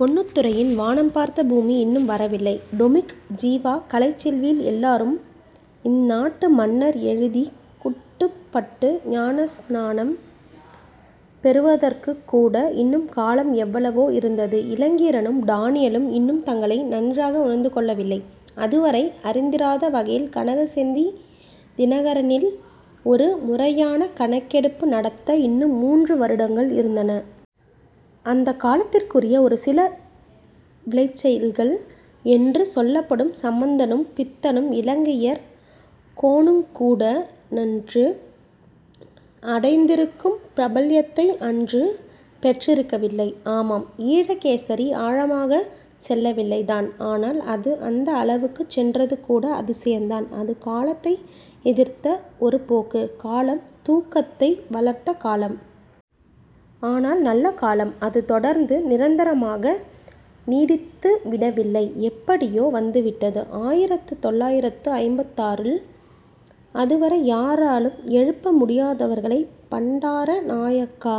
பொன்னுத்துரையின் 'வானம் பார்த்த பூமி' இன்னும் வரவில்லை. டொமிக் ஜீவா 'கலைச்செல்வி' 'எல்லாரும் இந்நாட்டு மன்னர்' எழுதிக் குட்டுப்பட்டு ஞானஸ்நானம் பெறுவதற்குக்கூட இன்னும் காலம் எவ்வளவோ இருந்தது. இளங்கீரனும் டானியலும் இன்னும் தங்களை நன்றாக உணர்ந்துகொள்ளவில்லை. அதுவரை அறிந்திராத வகையில் கனகசெந்தி 'தினகரனி'ல் ஒரு முறையான கணக்கெடுப்பு நடத்த இன்னும் மூன்று வருடங்கள் இருந்தன. அந்தக் காலத்திற்குரிய ஒரு சில விளைச்சல்கள் என்று சொல்லப்படும் சம்பந்தனும், பித்தனும், இலங்கையர் கோனுங்கூடன்று அடைந்திருக்கும் பிரபல்யத்தை அன்று பெற்றிருக்கவில்லை. ஆமாம், ஈழகேசரி ஆழமாகச் செல்லவில்லைதான். ஆனால், அது அந்த அளவுக்குச் சென்றது கூட அதிசயந்தான். அது காலத்தை எதிர்த்த ஒரு போக்கு. காலம், தூக்கத்தை வளர்த்த காலம். ஆனால் நல்ல காலம் அது தொடர்ந்து நிரந்தரமாக நீடித்துவிடவில்லை எப்படியோ வந்துவிட்டது. ஆயிரத்து தொள்ளாயிரத்து ஐம்பத்தாறுல் அதுவரை யாராலும் எழுப்ப முடியாதவர்களைப் பண்டாரநாயக்கா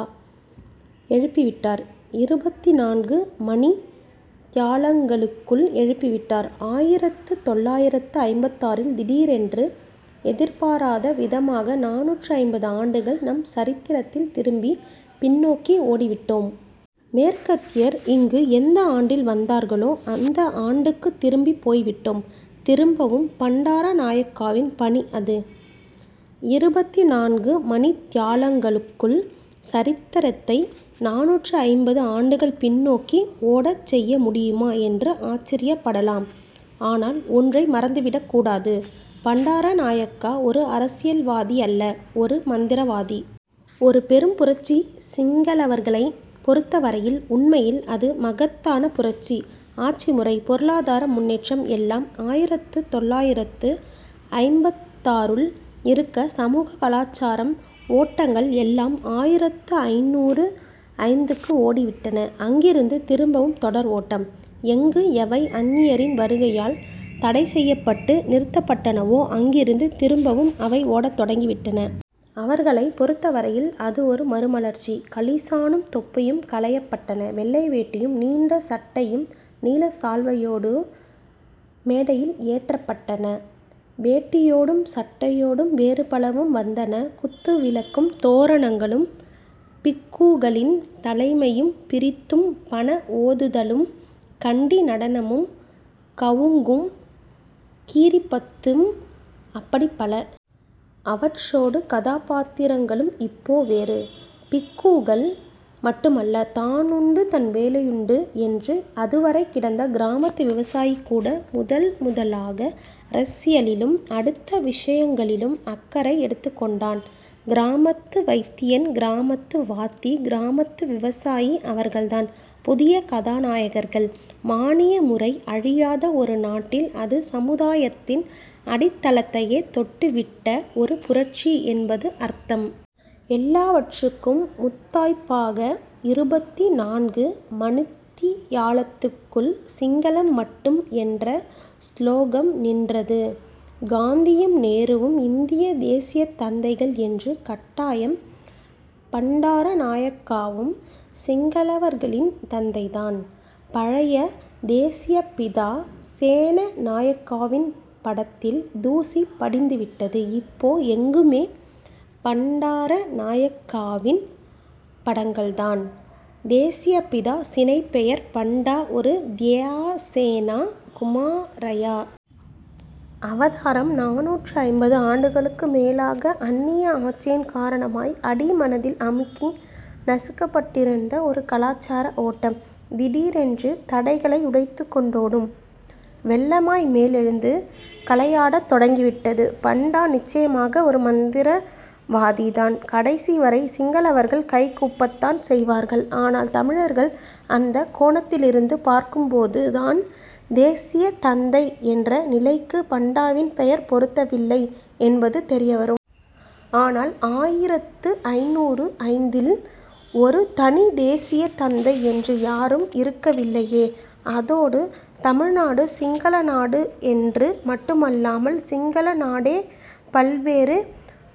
எழுப்பிவிட்டார். இருபத்திநான்கு மணித் தியாலங்களுக்குள் எழுப்பிவிட்டார்! ஆயிரத்துத் தொள்ளாயிரத்து ஐம்பத்தாறில் திடீரென்று எதிர்பாராதவிதமாக நானூற்று ஐம்பது ஆண்டுகள் நம் சரித்திரத்தில் திரும்பி பின்னோக்கி ஓடிவிட்டோம். மேற்கத்தியர் இங்கு எந்த ஆண்டில் வந்தார்களோ அந்த ஆண்டுக்குத் திரும்பிப் போய்விட்டோம். திரும்பவும்! பண்டாரநாயக்காவின் பணி அது. இருபத்திநான்கு மணித் தியாலங்களுக்குள் சரித்திரத்தை நானூற்று ஐம்பது ஆண்டுகள் பின்னோக்கி ஓடச் செய்ய முடியுமா என்று ஆச்சரியப்படலாம். ஆனால் ஒன்றை மறந்துவிடக் கூடாது. பண்டாரநாயக்கா ஒரு அரசியல்வாதியல்ல, ஒரு மந்திரவாதி. ஒரு பெரும் புரட்சி. சிங்களவர்களைப் பொருத்தவரையில் உண்மையில் அது மகத்தான புரட்சி. ஆட்சிமுறை, பொருளாதார முன்னேற்றம் எல்லாம் ஆயிரத்து தொள்ளாயிரத்து ஐம்பத்தாறுல் இருக்க சமூக, கலாச்சாரம் ஓட்டங்கள் எல்லாம் ஆயிரத்து ஐந்நூறு ஐந்துக்கு ஓடிவிட்டன. அங்கிருந்து திரும்பவும் தொடர் ஓட்டம். எங்கு எவை அந்நியரின் வருகையால் தடைசெய்யப்பட்டு நிறுத்தப்பட்டனவோ அங்கிருந்து திரும்பவும் அவை ஓடத் தொடங்கிவிட்டன. அவர்களைப் பொருத்தவரையில் அது ஒரு மறுமலர்ச்சி. களிசானும் தொப்பியும் களையப்பட்டன. வெள்ளை வேட்டியும், நீண்ட சட்டையும் நீலச் சால்வையோடு மேடையில் ஏற்றப்பட்டன. வேட்டியோடும் சட்டையோடும் வேறு பலவும் வந்தன. குத்து விளக்கும், தோரணங்களும், பிக்குகளின் தலைமையும் பிரித்தும், 'பண' ஓதுதலும், கண்டி நடனமும், 'கவுங்'கும், 'கீரிபத்தும் அப்படிப் பல. அவற்றோடு, கதாபாத்திரங்களும் இப்போ வேறு. பிக்குகள் மட்டுமல்ல; தானுண்டு தன் வேலையுண்டு என்று அதுவரை கிடந்த கிராமத்து விவசாயி கூட முதல் முதலாக அரசியலிலும் அடுத்த விஷயங்களிலும் அக்கறை எடுத்துக்கொண்டான். கிராமத்து வைத்தியன், கிராமத்து வாத்தி, கிராமத்து விவசாயி அவர்கள்தான் புதிய கதாநாயகர்கள். மானிய முறை அழியாத ஒரு நாட்டில் அது சமுதாயத்தின் அடித்தளத்தையே தொட்டுவிட்ட ஒரு புரட்சி என்பது அர்த்தம். எல்லாவற்றுக்கும் முத்தாய்ப்பாக இருபத்தி நான்கு மணித்தியாலத்துக்குள் சிங்களம் மட்டும் என்ற சுலோகம் நின்றது. காந்தியும் நேருவும் இந்தியத் தேசியத் தந்தைகள் என்று கட்டாயம் பண்டாரநாயக்காவும் சிங்களவர்களின் தந்தைதான். பழைய தேசியப்பிதா சேனநாயக்காவின் படத்தில் தூசி படிந்துவிட்டது. இப்போ எங்குமே பண்டாரநாயக்காவின் படங்கள்தான். தேசியப்பிதா சினைப்பெயர். பண்டா ஒரு தியசேன குமாரயா! அவதாரம்! நானூற்று ஐம்பது ஆண்டுகளுக்கு மேலாக அந்நிய ஆட்சியின் காரணமாய் அடிமனதில் அமுக்கி நசுக்கப்பட்டிருந்த ஒரு கலாச்சார ஓட்டம் திடீரென்று தடைகளை உடைத்துக்கொண்டோடும் வெள்ளமாய் மேலெழுந்து 'கலை'யாடத் தொடங்கிவிட்டது. பண்டா நிச்சயமாக ஒரு மந்திரவாதிதான். கடைசிவரை, சிங்களவர்கள் கை கூப்பத்தான் செய்வார்கள். ஆனால் தமிழர்கள்? அந்தக் கோணத்திலிருந்து பார்க்கும்போதுதான் தேசியத் தந்தை என்ற நிலைக்குப் பண்டாவின் பெயர் பொருத்தவில்லை என்பது தெரியவரும். ஆனால் ஆயிரத்து ஐந்நூறு ஐந்தில் ஒரு தனித் தேசியத் தந்தை என்று யாரும் இருக்கவில்லையே! அதோடு தமிழ்நாடு சிங்களநாடு என்று மட்டுமல்லாமல் சிங்கள நாடே பல்வேறு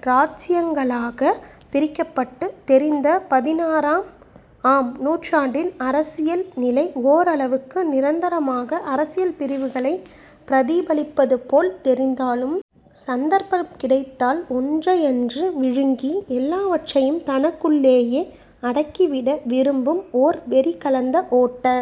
இராச்சியங்களாகப் பிரிக்கப்பட்டுத் தெரிந்த பதினாறாம் ஆம் நூற்றாண்டின் அரசியல் நிலை ஓரளவுக்கு நிரந்தரமான அரசியல் பிரிவுகளைப் பிரதிபலிப்பதுபோல் தெரிந்தாலும் சந்தர்ப்பம் கிடைத்தால் ஒன்றையன்று விழுங்கி எல்லாவற்றையும் தனக்குள்ளேயே அடக்கிவிட விரும்பும் ஓர் வெறி கலந்த ஓட்ட